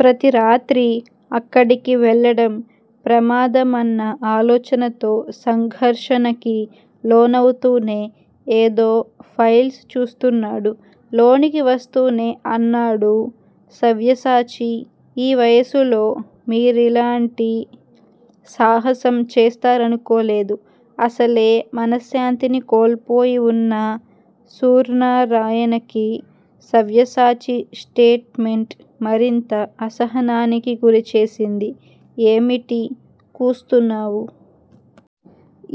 ప్రతి రాత్రీ అక్కడికి వెళ్ళడం ప్రమాదమన్న ఆలోచనతో సంఘర్షణకి లోనవుతూనే ఏదో ఫైల్స్ చూస్తున్నాడు. లోనికి వస్తూనే అన్నాడు సవ్యసాచి ఈ వయసులో మీరిలాంటి సాహసం చేస్తారనుకోలేదు. అసలే మనశ్శాంతిని కోల్పోయి వున్న సూర్నారాయణకి సవ్యసాచి స్టేట్ మెంట్ మరింత అసహనానికి గురిచేసింది. ఏమిటి కూస్తున్నావు?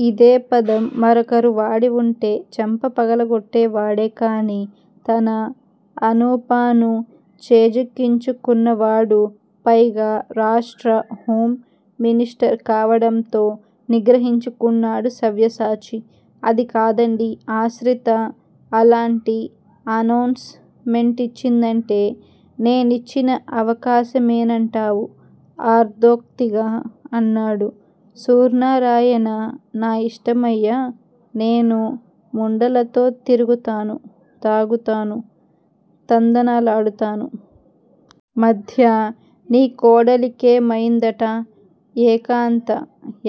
ఇదే పదం మరొకరు వాడి వుంటే చెంప పగలగొట్టేవాడే కాని తన అనూపానూ చేజిక్కించుకున్న వాడు, పైగా రాష్ట్ర హోం మినిస్టర్ కావడంతో నిగ్రహించుకున్నాడు సవ్యసాచి. అది కాదండీ ఆశ్రిత అలాంటి అనౌన్స్ మెంటిచ్చిందంటే నేనిచ్చిన అవకాశమేనంటావు అర్దోక్తిగా అన్నాడు సూర్నారాయణ. నా యిష్టమయ్యా నేను ముండలతో తిరుగుతాను, తాగుతాను, తందనాలాడతాను. మధ్య నీకోడలికేమయిందటా? ఏకాంత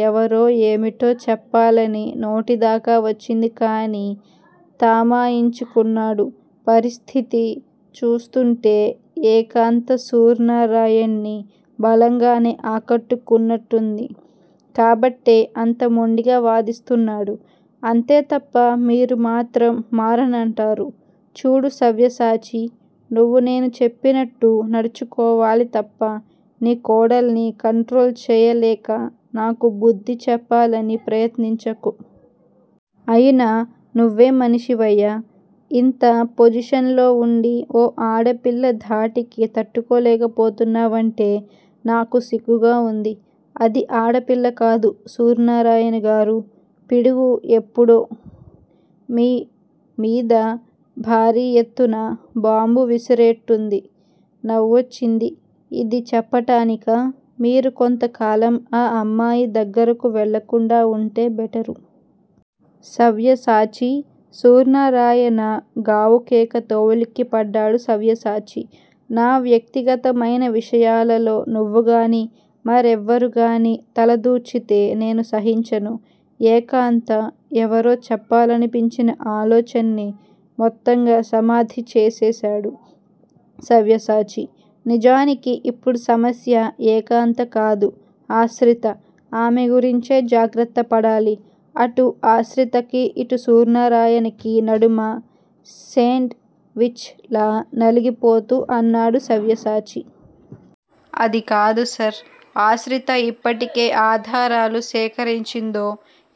ఎవరో ఏమిటో చెప్పాలని నోటిదాకా వచ్చింది గాని తమాయించుకున్నాడు. పరిస్థితి చూస్తుంటే ఏకాంత సూర్నారాయణ్ని బలంగానే ఆకట్టుకున్నట్టుంది. కాబట్టే అంత మొండిగా వాదిస్తున్నాడు. అంతే తప్ప మీరు మాత్రం మారనంటారు. చూడు సవ్యసాచీ నువ్వు నేను చెప్పినట్టు నడుచుకోవాలి తప్ప నీకోడల్ని కంట్రోల్ చేయలేక నాకు బుద్ది చెప్పాలని ప్రయత్నించకు. అయినా నువ్వేం మనిషివయ్యా! ఇంత పొజిషన్ లో వుండి ఓ ఆడపిల్లధాటికి తట్టుకోలేకపోతున్నావంటే నాకు సిగ్గుగా వుంది అది ఆడపిల్ల కాదు సూర్నారాయణగారూ! పిడుగు ఎప్పుడో మీ మీద భారీ యెత్తున బాంబు విసిరేట్టుంది. నవ్వొచ్చింది యిది చెప్పటానికా? మీరు కొంతకాలం ఆ అమ్మాయి దగ్గరకు వెళ్ళకుండా వుంటే బెటరు. సవ్యసాచీ! సూర్నారాయణ గావుకేకతో ఉలిక్కిపడ్డాడు సవ్యసాచి. నా వ్యక్తిగతమైన విషయాలలో నువ్వుగాని, మరెవ్వరుగానీ తలదూర్చితే నేను సహించను. ఏకాంత ఎవరో చెప్పాలనిపించిన ఆలోచన్ని మొత్తంగా సమాధిచేసేశాడు సవ్యసాచి. నిజానికి ఇప్పుడు సమస్య ఏకాంతకాదు ఆశ్రిత. ఆమె గురించే జాగ్రత్తపడాలి. అటు ఆశ్రితకీ, ఇటు సూర్నారాయణకీ నడుమ సేండ్ విచ్ లా నలిగిపోతూ అన్నాడు సవ్యసాచి. అదికాదు సర్! ఆశ్రిత ఇప్పటికే ఆధారాలు సేకరించిందో,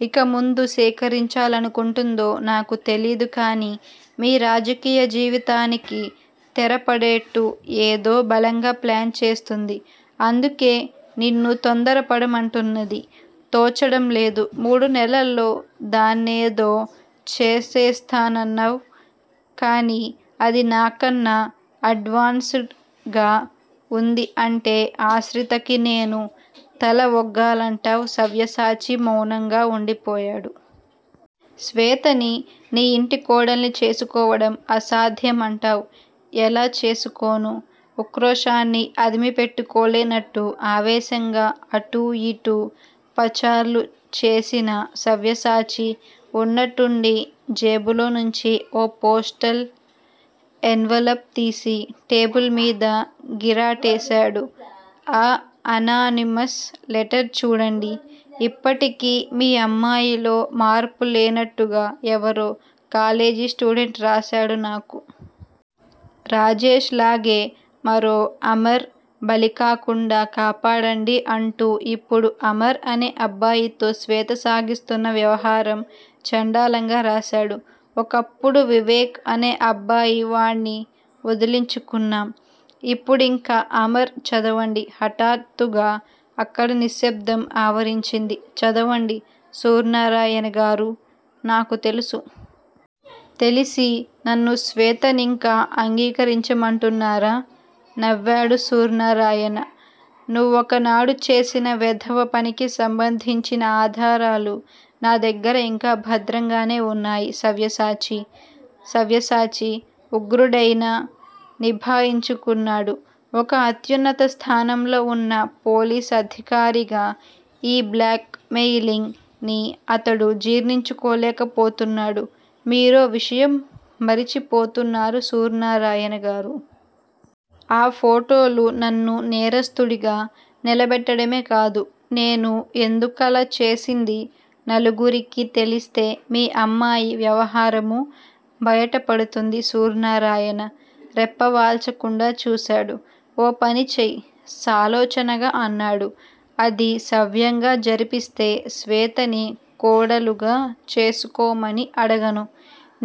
ఇక ముందు సేకరించాలనుకుంటుందో నాకు తెలీదు కాని మీ రాజకీయ జీవితానికి తెరపడేట్టు ఏదో బలంగా ప్లాన్ చేస్తుంది. అందుకే నిన్ను తొందరపడమంటున్నది. తోచడం లేదు. మూడు నెలల్లో దాన్నేదో చేసేస్తానన్నావ్? కాని అది నాకన్నా అడ్వాన్స్ డ్ గా వుంది అంటే ఆశ్రితకి నేను తల ఒగ్గాలంటావ్ సవ్యసాచి మౌనంగా వుండిపోయాడు. శ్వేతని నీ ఇంటి కోడల్ని చేసుకోవడం అసాధ్యమంటావ్? ఎలా చేసుకోను? ఉక్రోషాన్ని అదిమిపెట్టుకోలేనట్టు ఆవేశంగా అటూ యిటూ పచార్లు చేసిన సవ్యసాచి వున్నట్టుండీ జేబులో నుంచి ఓ పోస్టల్ ఎన్వలప్ తీసి టేబుల్ మీద గిరాటేశాడు. ఆ అనానిమస్ లెటర్ చూడండి. ఇప్పటికీ మీ అమ్మాయిలో మార్పు లేనట్టుగా ఎవరో కాలేజీస్టూడెంట్ రాశాడు నాకు. రాజేష్ లాగే మరో 'అమర్' బలికాకుండా కాపాడండీ అంటూ ఇప్పుడు అమర్ అనే అబ్బాయితో శ్వేత సాగిస్తున్న వ్యవహారం చెండాలంగా రాశాడు. ఒకప్పుడు వివేక్ అనే అబ్బాయి వాడ్ని వదిలించుకున్నాం. ఇప్పుడింక అమర్ చదవండి. హఠాత్తుగా అక్కడ నిశ్శబ్దం ఆవరించింది. చదవండి సూర్నారాయణగారూ! నాకు తెలుసు. తెలిసీ నన్ను శ్వేతనింకా అంగీకరించమంటున్నారా? నవ్వాడు సూర్నారాయణ నువ్వొకనాడు చేసిన వెధవ పనికి సంబంధించిన ఆధారాలు నా దగ్గర ఇంకా భద్రంగానే వున్నాయి సవ్యసాచీ! సవ్యసాచి ఉగ్రుడైనా నిభాయించుకున్నాడు. ఒక అత్యున్నత స్థానంలో వున్న పోలీస్ అధికారిగా ఈ బ్లాక్ మెయిలింగ్ ని అతడు జీర్ణించుకోలేకపోతున్నాడు మీరో విషయం మరిచిపోతున్నారు సూర్నారాయణ గారూ! ఆ ఫోటోలు నన్ను నేరస్థుడిగా నిలబెట్టడమే కాదు, నేను ఎందుకలా చేసిందీ నలుగురికీ తెలిస్తే మీ అమ్మాయి వ్యవహారమూ బయట పడుతుంది సూర్నారాయణ రెప్పవాల్చకుండా చూశాడు. ఓ పని చెయ్ సాలోచనగా అన్నాడు. అది సవ్యంగా జరిపిస్తే శ్వేతని కోడలుగా చేసుకోమని అడగను.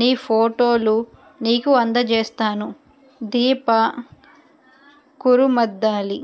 నీ ఫోటోలు నీకు అందజేస్తాను. దీప -కురుమద్దాలి